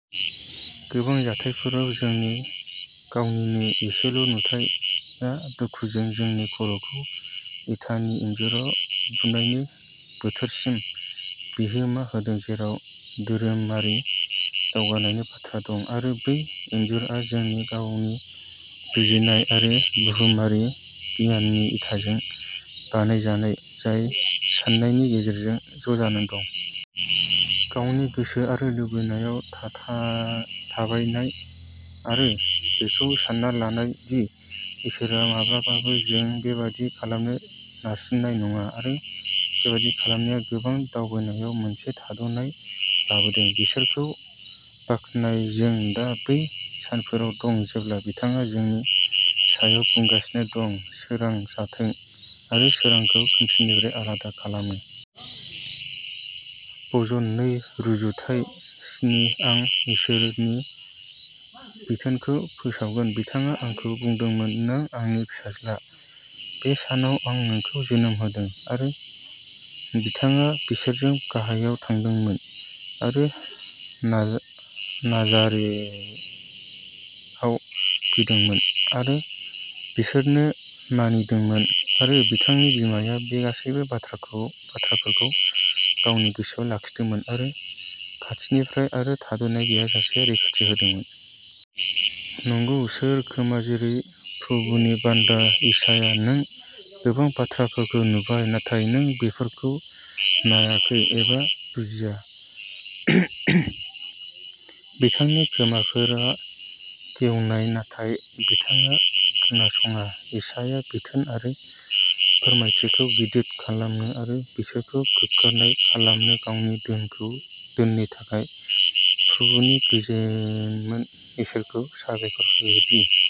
गोबां जाथायफोराव, जोंनि गावनिनो एसेल'नुथाया दुखुजों जोंनि खर'खौ इटानि इनजुराव बुनायनि बोथोरसिम बिहोमा होदों, जेराव धोरोमारि दावगानायनि बाथ्रा दं। आरो बै इनजुरआ जोंनि गावनि बुजिनाय आरो बुहुमारि गियाननि इटाजों बानायजानाय, जाय साननायनि गेजेरजों ज'जानानै दं। गावनि गोसो आरो लुबैनायाव थाथा थाबायनाय आरो बेखौ सान्ना लानाय दि इसोरआ माब्लाबाबो जों बेबादि खालामनो नारसिननाय नङा आरो बेबादि खालामनाया गोबां दावबायनायाव मोनसे थाद'नाय लाबोदों। इसोरखौ बाख्नाय, जों दा बै सानफोराव दं जेब्ला बिथाङा जोंनि सायाव बुंगासिनो दं, "सोरां जाथों" आरो सोरांखौ खोमसिनिफ्राय आलादा खालामो। भजन नै रुजुथाय स्नि आं इसोरनि बिथोनखौ फोसावगोन बिथाङा आंखौ बुंदोंमोन, नों आंनि फिसाज्ला; बे सानाव आं नोंखौ जोनोम होदों। आरो बिथाङा बिसोरजों गाहायाव थांदोंमोन। आरो ना-नाजारेथआव फैदोंमोन आरो बिसोरनो मानिदोंमोन आरो बिथांनि बिमाया बे गासैबो बाथ्राफोरखौ गावनि गोसोआव लाखिदोंमोन आरो खाथिनिफ्राय आरो थादनाय गैयाजासे रैखाथि होदोंमोन। नंगौ, सोर खोमा जेरै प्रभुनि बान्दा इसाया नों गोबां बाथ्राफोरखौ नुबाय, नाथाय नों बेफोरखौ नायाखै एबा बुजिया। बिथांनि खोमाफोरा गेवनाय, नाथाय बिथाङा खोनासङा इसाया बिथोन आरो फोरमायथिखौ गिदिर खालामनो आरो बिसोरखौ गोग्गानाय खालामनो गावनि धोनखौ धोरोमनि थाखाय प्रभुनि गोजोनमोन। इसोरखौ साबायखर हो दि,